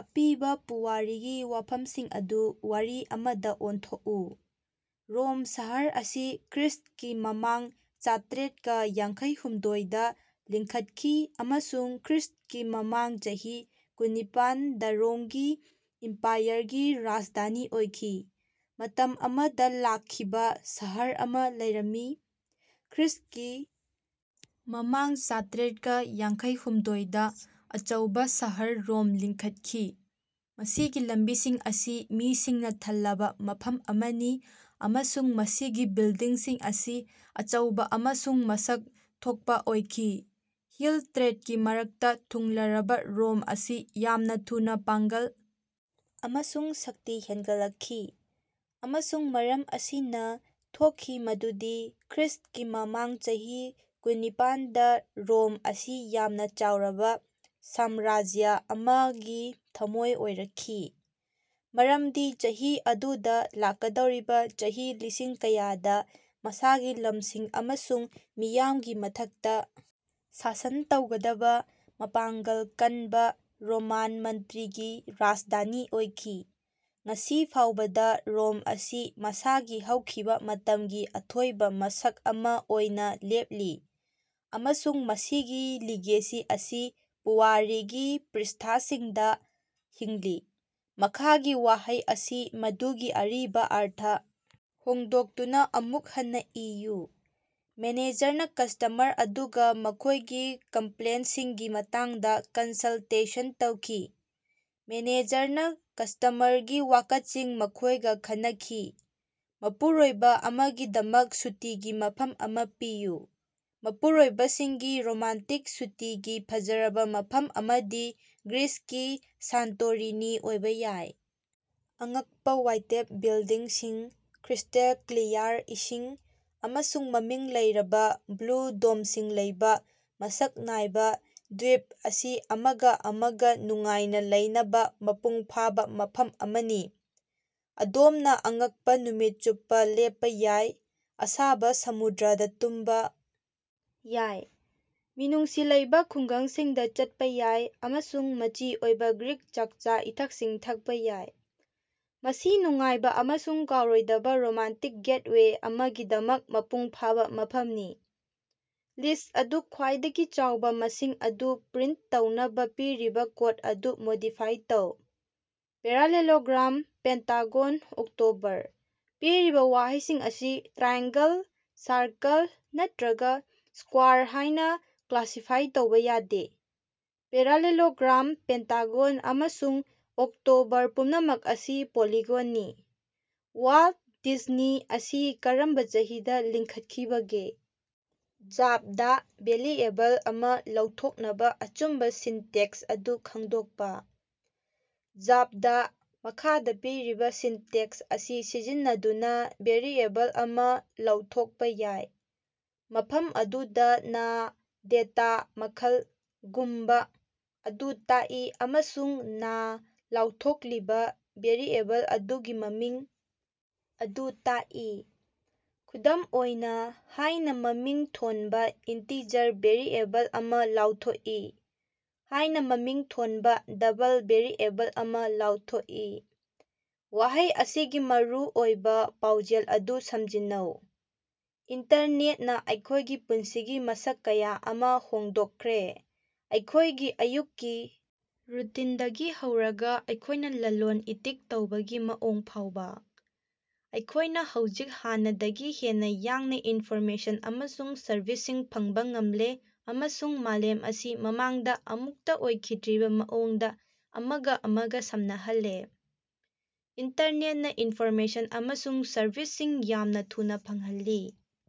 ꯑꯄꯤꯕ ꯄꯨꯋꯥꯔꯤꯒꯤ ꯋꯥꯐꯝꯁꯤꯡ ꯑꯗꯨ ꯋꯥꯔꯤ ꯑꯃꯗ ꯑꯣꯟꯊꯣꯛꯎ꯫ ꯔꯣꯝ ꯁꯍꯔ ꯑꯁꯤ ꯈ꯭ꯔꯤꯁꯀꯤ ꯃꯃꯥꯡ ꯆꯥꯇ꯭ꯔꯦꯠꯀ ꯌꯥꯡꯈꯩꯍꯨꯝꯗꯣꯏ ꯗ ꯂꯤꯡꯈꯠꯈꯤ ꯑꯃꯁꯨꯡ ꯈ꯭ꯔꯤꯁꯀꯤ ꯃꯃꯥꯡ ꯆꯍꯤ ꯀꯨꯟꯅꯤꯄꯥꯟ ꯗ ꯔꯣꯝꯒꯤ ꯏꯝꯄꯥꯌꯔꯒꯤ ꯔꯥꯖꯙꯥꯅꯤ ꯑꯣꯏꯈꯤ꯫ ꯃꯇꯝ ꯑꯃꯗ ꯂꯥꯛꯈꯤꯕ ꯁꯍꯔ ꯑꯃ ꯂꯩꯔꯝꯃꯤ꯫ ꯈ꯭ꯔꯤꯁꯀꯤ ꯃꯃꯥꯡ ꯆꯥꯇ꯭ꯔꯦꯠꯀ ꯌꯥꯡꯈꯩꯍꯨꯝꯗꯣꯏ ꯗ ꯑꯆꯧꯕ ꯁꯍꯔ ꯔꯣꯝ ꯂꯤꯡꯈꯠꯈꯤ꯫ ꯃꯁꯤꯒꯤ ꯂꯝꯕꯤꯁꯤꯡ ꯑꯁꯤ ꯃꯤꯁꯤꯡꯅ ꯊꯜꯂꯕ ꯃꯐꯝ ꯑꯃꯅꯤ ꯑꯃꯁꯨꯡ ꯃꯁꯤꯒꯤ ꯕꯤꯜꯗꯤꯡꯁꯤꯡ ꯑꯁꯤ ꯑꯆꯧꯕ ꯑꯃꯁꯨꯡ ꯃꯁꯛ ꯊꯣꯛꯄꯥꯑꯣꯏꯈꯤ꯫ ꯍꯤꯜ ꯇꯔꯦꯠ ꯀꯤ ꯃꯔꯛꯇ ꯊꯨꯡꯂꯔꯕ ꯔꯣꯝ ꯑꯁꯤ ꯌꯥꯝꯅ ꯊꯨꯅ ꯄꯥꯡꯒꯜ ꯑꯃꯁꯨꯡ ꯁꯛꯇꯤ ꯍꯦꯟꯒꯠꯂꯛꯈꯤ꯫ ꯑꯃꯁꯨꯡ ꯃꯔꯝ ꯑꯁꯤꯅ, ꯊꯣꯛꯈꯤ ꯃꯗꯨꯗꯤ ꯈ꯭ꯔꯤꯁꯀꯤ ꯃꯃꯥꯡ ꯆꯍꯤ ꯀꯨꯟꯅꯤꯄꯥꯟ ꯗ ꯔꯣꯝ ꯑꯁꯤ ꯌꯥꯝꯅ ꯆꯥꯎꯔꯕ ꯁꯥꯝꯔꯥꯖ꯭ꯌ ꯑꯃꯒꯤ ꯊꯃꯣꯏ ꯑꯣꯏꯔꯛꯈꯤ꯫ ꯃꯔꯝꯗꯤ ꯆꯍꯤ ꯑꯗꯨꯗ ꯂꯥꯛꯀꯗꯧꯔꯤꯕ ꯆꯍꯤ ꯂꯤꯁꯤꯡ ꯀꯌꯥꯗ ꯃꯁꯥꯒꯤ ꯂꯝꯁꯤꯡ ꯑꯃꯁꯨꯡ ꯃꯤꯌꯥꯝꯒꯤ ꯃꯊꯛꯇ ꯁꯥꯁꯟ ꯇꯧꯒꯗꯕ ꯃꯄꯥꯡꯒꯜ ꯀꯟꯕ ꯔꯣꯃꯥꯟ ꯃꯟꯇ꯭ꯔꯤꯒꯤ ꯔꯥꯖꯙꯥꯅꯤ ꯑꯣꯏꯈꯤ꯫ ꯉꯁꯤ ꯐꯥꯎꯕꯗ ꯔꯣꯝ ꯑꯁꯤ ꯃꯁꯥꯒꯤ ꯍꯧꯈꯤꯕ ꯃꯇꯝꯒꯤ ꯑꯊꯣꯏꯕ ꯃꯁꯛ ꯑꯃꯥ ꯑꯣꯏꯅ ꯂꯦꯞꯂꯤ ꯑꯃꯁꯨꯡ ꯃꯁꯤꯒꯤ ꯂꯤꯒꯦꯁꯤ ꯑꯁꯤ ꯄꯨꯋꯥꯔꯤꯒꯤ ꯄ꯭ꯔꯤꯁꯊꯥꯁꯤꯡꯗ ꯍꯤꯡꯂꯤ꯫ ꯃꯈꯥꯒꯤ ꯋꯥꯍꯩ ꯑꯁꯤ ꯃꯗꯨꯒꯤ ꯑꯔꯤꯕ ꯑꯔꯊ ꯍꯣꯡꯗꯣꯛꯇꯨꯅ ꯑꯃꯨꯛ ꯍꯟꯅ ꯏꯌꯨ: ꯃꯦꯅꯦꯖꯔꯅ ꯀꯁꯇꯃꯔ ꯑꯗꯨꯒ ꯃꯈꯣꯢꯒꯤ ꯀꯝꯄ꯭ꯂꯦꯟꯇꯁꯤꯡꯒꯤ ꯃꯇꯥꯡꯗ ꯀꯟꯁꯜꯇꯦꯁꯟ ꯇꯧꯈꯤ꯫ ꯃꯦꯅꯦꯖꯔꯅ ꯀꯁꯇꯃꯔꯒꯤ ꯋꯥꯀꯠꯁꯤꯡ ꯃꯈꯣꯏꯒ ꯈꯟꯅꯈꯤ꯫ ꯃꯄꯨꯔꯣꯏꯕ ꯑꯃꯒꯤꯗꯃꯛ ꯁꯨꯇꯤꯒꯤ ꯃꯐꯝ ꯑꯃ ꯄꯤꯌꯨ꯫ ꯃꯄꯨꯔꯣꯏꯕꯁꯤꯡꯒꯤ ꯔꯣꯃꯥꯟꯇꯤꯛ ꯁꯨꯇꯤꯒꯤ ꯐꯖꯔꯕ ꯃꯐꯝ ꯑꯃꯗꯤ ꯒ꯭ꯔꯤꯁꯀꯤ ꯁꯥꯟꯇꯣꯔꯤꯅꯤ ꯑꯣꯏꯕ ꯌꯥꯏ꯫ ꯑꯉꯛꯄ ꯋꯥꯏꯇꯦꯞ ꯕꯤꯜꯗꯤꯡꯁꯤꯡ, ꯀ꯭ꯔ꯭ꯤꯁꯇꯦꯜ ꯀ꯭ꯂꯤꯌꯥꯔ ꯏꯁꯤꯡ, ꯑꯃꯁꯨꯡ ꯃꯃꯤꯡ ꯂꯩꯔꯕ ꯕ꯭ꯂꯨ ꯗꯣꯝꯁꯤꯡ ꯂꯩꯕ ꯃꯁꯛ ꯅꯥꯏꯕ ꯗ꯭ꯋꯤꯞ ꯑꯁꯤ ꯑꯃꯒ ꯑꯃꯒ ꯅꯨꯡꯉꯥꯏꯅ ꯂꯩꯅꯕ ꯃꯄꯨꯡ ꯐꯥꯕ ꯃꯐꯝ ꯑꯃꯅꯤ꯫ ꯑꯗꯣꯝꯅ ꯑꯉꯛꯄ ꯅꯨꯃꯤꯠ ꯆꯨꯞꯄ ꯂꯦꯞꯄ ꯌꯥꯏ, ꯑꯁꯥꯕ ꯁꯃꯨꯗ꯭ꯔꯗ ꯇꯨꯝꯕ ꯌꯥꯏ, ꯃꯤꯅꯨꯡꯁꯤ ꯂꯩꯕ ꯈꯨꯡꯒꯪꯁꯤꯡꯗ ꯆꯠꯄ ꯌꯥꯏ ꯑꯃꯁꯨꯡ ꯃꯆꯤ ꯑꯣꯏꯕ ꯒ꯭ꯔꯤꯛ ꯆꯥꯛꯆꯥ-ꯏꯊꯛꯁꯤꯡ ꯊꯛꯄ ꯌꯥꯏ꯫ ꯃꯁꯤ ꯅꯨꯡꯉꯥꯏꯕ ꯑꯃꯁꯨꯡ ꯀꯥꯎꯔꯣꯏꯗꯕ ꯔꯣꯃꯥꯟꯇꯤꯛ ꯒꯦꯠꯋꯦ ꯑꯃꯒꯤꯗꯃꯛ ꯃꯄꯨꯡ ꯐꯥꯕ ꯃꯐꯝꯅꯤ꯫ ꯂꯤꯁ꯭ꯠ ꯑꯗꯨꯗ ꯈ꯭ꯋꯥꯏꯗꯒꯤ ꯆꯥꯎꯕ ꯃꯁꯤꯡ ꯑꯗꯨ ꯄ꯭ꯔꯤꯟꯇ ꯇꯧꯅꯕ ꯄꯤꯔꯤꯕ ꯀꯣꯗ ꯑꯗꯨ ꯃꯣꯗꯤꯐꯥꯏ ꯇꯧ꯫ Parallelogram, pentagon, October. ꯄꯤꯔꯤꯕ ꯋꯥꯍꯩꯁꯤꯡ ꯑꯁꯤ ꯇ꯭ꯔꯥꯏꯑꯦꯡꯒꯜ, ꯁꯥꯔꯀꯜ ꯅꯠꯇꯔꯒ ꯁ꯭ꯀ꯭ꯨꯋꯥꯔ ꯍꯥꯏꯅ ꯀ꯭ꯂꯥꯁꯤꯐꯥꯏ ꯇꯧꯕ ꯌꯥꯗꯦ꯫ ꯄꯦꯔꯥꯂꯦꯂꯣꯒ꯭ꯔꯥꯝ, ꯄꯦꯟꯇꯥꯒꯣꯟ ꯑꯃꯁꯨꯡ ꯑꯣꯛꯇꯣꯕꯔ ꯄꯨꯝꯅꯃꯛ ꯑꯁꯤ ꯄꯣꯂꯤꯒꯣꯟꯅꯤ꯫ ꯋꯥꯜꯇ ꯗꯤꯖꯅꯤ ꯑꯁꯤ ꯀꯔꯝꯕ ꯆꯍꯤꯗ ꯂꯤꯡꯈꯠꯈꯤꯕꯒꯦ? ꯖꯥꯚꯗꯥ ꯚꯦꯂꯤꯑꯦꯕꯜ ꯑꯃ ꯂꯧꯊꯣꯛꯅꯕ ꯑꯆꯨꯝꯕ ꯁꯤꯟꯇꯦꯛꯁ ꯑꯗꯨ ꯈꯪꯗꯣꯛꯄ꯫ ꯖꯥꯚꯗꯥ, ꯃꯈꯥꯗ ꯄꯤꯔꯤꯕ ꯁꯤꯟꯇꯦꯛꯁ ꯑꯁꯤ ꯁꯤꯖꯤꯟꯅꯗꯨꯅ ꯚꯦꯔꯤꯑꯦꯕꯜ ꯑꯃ ꯂꯥꯎꯊꯣꯛꯄ ꯌꯥꯏ, ꯃꯐꯝ ꯑꯗꯨꯗ ꯅꯥ ꯗꯦꯇꯥ ꯃꯈꯜ ꯒꯨꯝꯕ ꯑꯗꯨ ꯇꯥꯛꯏ ꯑꯃꯁꯨꯡ ꯅꯥ ꯂꯥꯎꯊꯣꯛꯂꯤꯕ ꯚꯦꯔꯤꯑꯦꯕꯜ ꯑꯗꯨꯒꯤ ꯃꯃꯤꯡ ꯑꯗꯨ ꯇꯥꯛꯏ꯫ ꯈꯨꯗꯝ ꯑꯣꯏꯅ, ꯍꯥꯏꯅ ꯃꯃꯤꯡ ꯊꯣꯟꯕ ꯏꯟꯇꯤꯖꯔ ꯚꯦꯔꯤꯑꯦꯕꯜ ꯑꯃ ꯂꯥꯎꯊꯣꯛꯏ; ꯍꯥꯏꯅ ꯃꯃꯤꯡ ꯊꯣꯟꯕ ꯗꯕꯜ ꯚꯦꯔꯤꯑꯦꯕꯜ ꯑꯃ ꯂꯥꯎꯊꯣꯛꯏ꯫ ꯋꯥꯍꯩ ꯑꯁꯤꯒꯤ ꯃꯔꯨꯑꯣꯏꯕ ꯄꯥꯎꯖꯦꯜ ꯑꯗꯨ ꯁꯝꯖꯤꯟꯅꯧ꯫ ꯏꯟꯇꯔꯅꯦꯠꯅ ꯑꯩꯈꯣꯏꯒꯤ ꯄꯨꯟꯁꯤꯒꯤ ꯃꯁꯛ ꯀꯌꯥ ꯑꯃꯥ ꯍꯣꯡꯗꯣꯛꯈ꯭ꯔꯦ, ꯑꯩꯈꯣꯏꯒꯤ ꯑꯌꯨꯛꯀꯤ ꯔꯨꯇꯤꯟꯗꯒꯤ ꯍꯧꯔꯒ ꯑꯩꯈꯣꯏꯅ ꯂꯂꯣꯟ-ꯏꯇꯤꯛ ꯇꯧꯕꯒꯤ ꯃꯑꯣꯡ ꯐꯥꯎꯕ꯫ ꯑꯩꯈꯣꯏꯅ ꯍꯧꯖꯤꯛ ꯍꯥꯟꯅꯗꯒꯤ ꯍꯦꯟꯅ ꯌꯥꯡꯅ ꯏꯟꯐꯣꯔꯃꯦꯁꯟ ꯑꯃꯁꯨꯡ ꯁꯔꯕꯤꯁꯁꯤꯡ ꯐꯪꯕ ꯉꯝꯂꯦ ꯑꯃꯁꯨꯡ ꯃꯥꯂꯦꯝ ꯑꯁꯤ ꯃꯃꯥꯡꯗ ꯑꯃꯨꯛꯇ ꯑꯣꯏꯈꯤꯗ꯭ꯔꯤꯕ ꯃꯑꯣꯡꯗ ꯑꯃꯒ ꯑꯃꯒ ꯁꯝꯅꯍꯜꯂꯦ꯫ ꯏꯟꯇꯔꯅꯦꯠꯅ ꯏꯟꯐꯣꯔꯃꯦꯁꯟ ꯑꯃꯁꯨꯡ ꯁꯔꯕꯤꯁꯁꯤꯡ ꯌꯥꯝꯅ ꯊꯨꯅ ꯐꯪꯍꯜꯂꯤ꯫